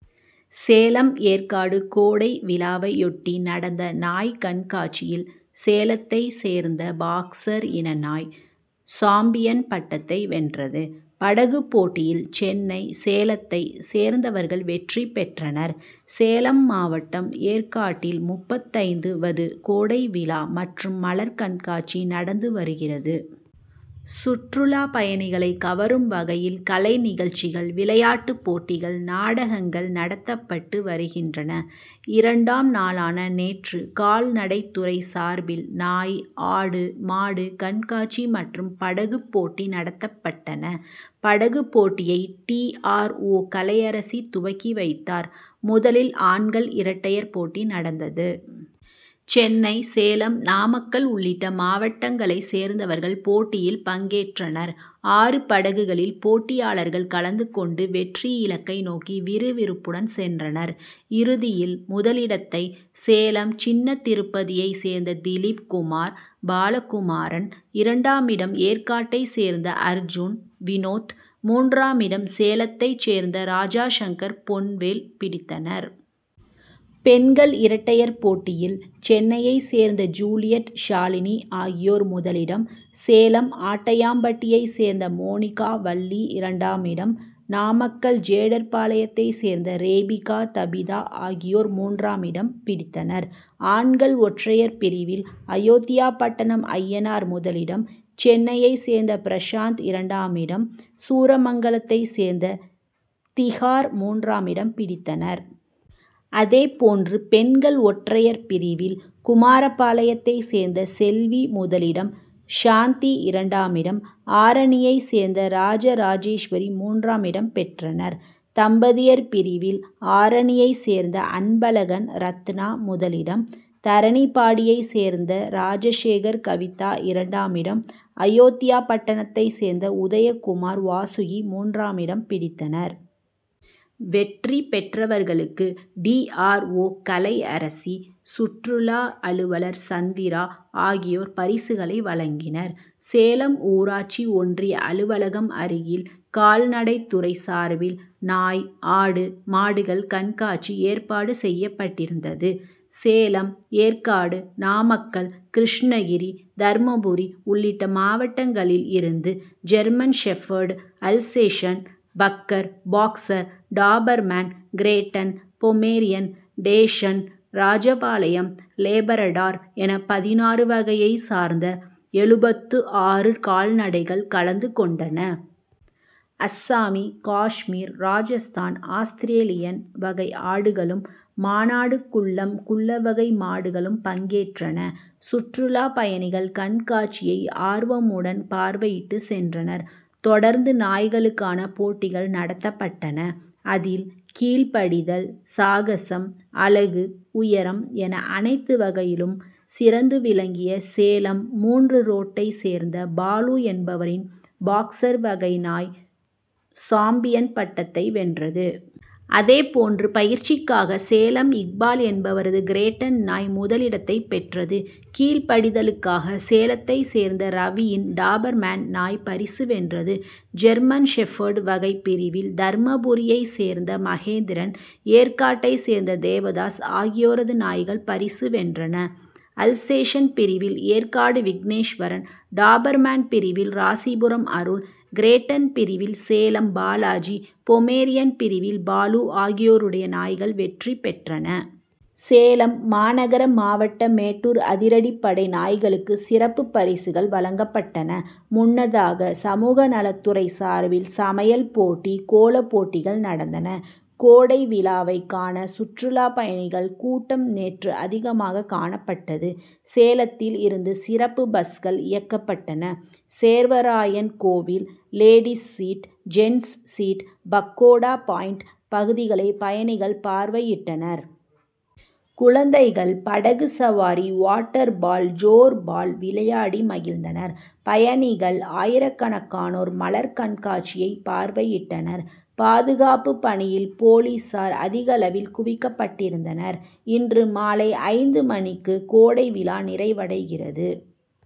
சேலம் ஏற்காடு கோடை விழாவையொட்டி நடந்த நாய் கண்காட்சியில் சேலத்தைச் சேர்ந்த பாக்ஸர் இன நாய், சாம்பியன் பட்டத்தை வென்றது. படகுப் போட்டியில், சென்னை, சேலத்தைச் சேர்ந்தவர்கள் வெற்றி பெற்றனர். சேலம் மாவட்டம் ஏற்காட்டில் முப்பத்தைந்து வது கோடைவிழா மற்றும் மலர் கண்காட்சி நடந்து வருகிறது. சுற்றுலா பயணிகளை கவரும் வகையில் கலைநிகழ்ச்சிகள், விளையாட்டுப் போட்டிகள், நாடகங்கள் நடத்தப்பட்டு வருகின்றன. இரண்டாம் நாளான நேற்று கால்நடைத்துறை சார்பில் நாய், ஆடு, மாடு கண்காட்சி மற்றும் படகுப் போட்டி நடத்தப்பட்டன. படகுப் போட்டியை, டி. ஆர். ஓ., கலையரசி துவக்கி வைத்தார். முதலில் ஆண்கள் இரட்டையர் போட்டி நடந்தது. சென்னை, சேலம், நாமக்கல் உள்ளிட்ட மாவட்டங்களைச் சேர்ந்தவர்கள் போட்டியில் பங்கேற்றனர். ஆறு படகுகளில் போட்டியாளர்கள் கலந்து கொண்டு வெற்றி இலக்கை நோக்கி விறுவிறுப்புடன் சென்றனர். இறுதியில், முதலிடத்தை சேலம் சின்னதிருப்பதியைச் சேர்ந்த திலீப்குமார், பாலகுமாரன், இரண்டாமிடம் ஏற்காட்டைச் சேர்ந்த அர்ஜூன், வினோத், மூன்றாமிடம் சேலத்தைச் சேர்ந்த ராஜாசங்கர், பொன்வேல் பிடித்தனர். பெண்கள் இரட்டையர் போட்டியில், சென்னையைச் சேர்ந்த ஜூலியட், ஷாலினி ஆகியோர் முதலிடம், சேலம் ஆட்டையாம்பட்டியைச் சேர்ந்த மோனிகா, வள்ளி இரண்டாமிடம், நாமக்கல் ஜேடர்பாளையத்தைச் சேர்ந்த ரேபிகா, தபிதா ஆகியோர் மூன்றாமிடம் பிடித்தனர். ஆண்கள் ஒற்றையர் பிரிவில், அயோத்தியாபட்டணம் அய்யனார் முதலிடம், சென்னையைச் சேர்ந்த பிரசாந்த் இரண்டாமிடம், சூரமங்கலத்தைச் சேர்ந்த திஹார் மூன்றாமிடம் பிடித்தனர். அதேபோன்று, பெண்கள் ஒற்றையர் பிரிவில், குமாரபாளையத்தைச் சேர்ந்த செல்வி முதலிடம், சாந்தி இரண்டாமிடம், ஆரணியைச் சேர்ந்த ராஜராஜேஸ்வரி மூன்றாமிடம் பெற்றனர். தம்பதியர் பிரிவில், ஆரணியைச் சேர்ந்த அன்பழகன், ரத்னா முதலிடம், தரணிபாடியைச் சேர்ந்த ராஜசேகர், கவிதா இரண்டாமிடம், அயோத்தியாபட்டணத்தைச் சேர்ந்த உதயகுமார், வாசுகி மூன்றாமிடம் பிடித்தனர். வெற்றி பெற்றவர்களுக்கு டி. ஆர். ஓ., கலையரசி, சுற்றுலா அலுவலர் சந்திரா ஆகியோர் பரிசுகளை வழங்கினர். சேலம் ஊராட்சி ஒன்றிய அலுவலகம் அருகில், கால்நடைத்துறை சார்பில் நாய், ஆடு, மாடுகள் கண்காட்சி ஏற்பாடு செய்யப்பட்டிருந்தது. சேலம், ஏற்காடு, நாமக்கல், கிருஷ்ணகிரி, தர்மபுரி உள்ளிட்ட மாவட்டங்களில் இருந்து ஜெர்மன்ஷெப்பர்டு, அல்சேஷன், பக்கர், boxer, Doberman, Great Dane, Pomeranian, dachshund, Rajapalayam, Labrador என பதினாறு வகையை சார்ந்த எழுபத்து ஆறு கால்நடைகள் கலந்து கொண்டன. அஸ்ஸாமி, காஷ்மீர், ராஜஸ்தான், ஆஸ்திரேலியன் வகை ஆடுகளும், மானாடுகுள்ளம் குள்ளவகை மாடுகளும் பங்கேற்றன. சுற்றுலா பயணிகள் கண்காட்சியை ஆர்வமுடன் பார்வையிட்டு சென்றனர். தொடர்ந்து நாய்களுக்கான போட்டிகள் நடத்தப்பட்டன. அதில், கீழ்படிதல், சாகசம், அழகு, உயரம் என அனைத்து வகையிலும் சிறந்து விளங்கிய சேலம் மூன்று ரோட்டைச் சேர்ந்த பாலு என்பவரின் பாக்ஸர் வகை நாய் சாம்பியன் பட்டத்தை வென்றது. அதே போன்று, பயிற்சிக்காக சேலம் இக்பால் என்பவரது கிரேட்டன் நாய் முதலிடத்தை பெற்றது. கீழ்படிதலுக்காக சேலத்தைச் சேர்ந்த ரவியின் டாபர்மேன் நாய் பரிசு வென்றது. ஜெர்மன் ஷெப்பர்டு வகை பிரிவில் தர்மபுரியைச் சேர்ந்த மகேந்திரன், ஏற்காட்டைச் சேர்ந்த தேவதாஸ் ஆகியோரது நாய்கள் பரிசு வென்றன. அல்சேஷன் பிரிவில் ஏற்காடு விக்னேஸ்வரன், டாபர்மேன் பிரிவில் ராசிபுரம் அருள், கிரேட்டன் பிரிவில் சேலம் பாலாஜி, பொமேரியன் பிரிவில் பாலு ஆகியோருடைய நாய்கள் வெற்றி பெற்றன. சேலம் மாநகர, மாவட்ட, மேட்டூர் அதிரடிப்படை நாய்களுக்கு சிறப்பு பரிசுகள் வழங்கப்பட்டன. முன்னதாக, சமூக நலத்துறை சார்பில் சமையல் போட்டி, கோலப்போட்டிகள் நடந்தன. கோடை விழாவை காண சுற்றுலா பயணிகள் கூட்டம் நேற்று அதிகமாக காணப்பட்டது. சேலத்தில் இருந்து சிறப்பு பஸ்கள் இயக்கப்பட்டன. சேர்வராயன் கோவில், ladies seat, gents seat, pakoda point பகுதிகளை பயணிகள் பார்வையிட்டனர். குழந்தைகள் படகு சவாரி, வாட்டர் பால், ஜோர் பால் விளையாடி மகிழ்ந்தனர். பயணிகள் ஆயிரக்கணக்கானோர் மலர் கண்காட்சியை பார்வையிட்டனர். பாதுகாப்பு பணியில் போலீஸார் அதிகளவில் குவிக்கப்பட்டிருந்தனர். இன்று மாலை ஐந்து மணிக்கு கோடைவிழா நிறைவடைகிறது.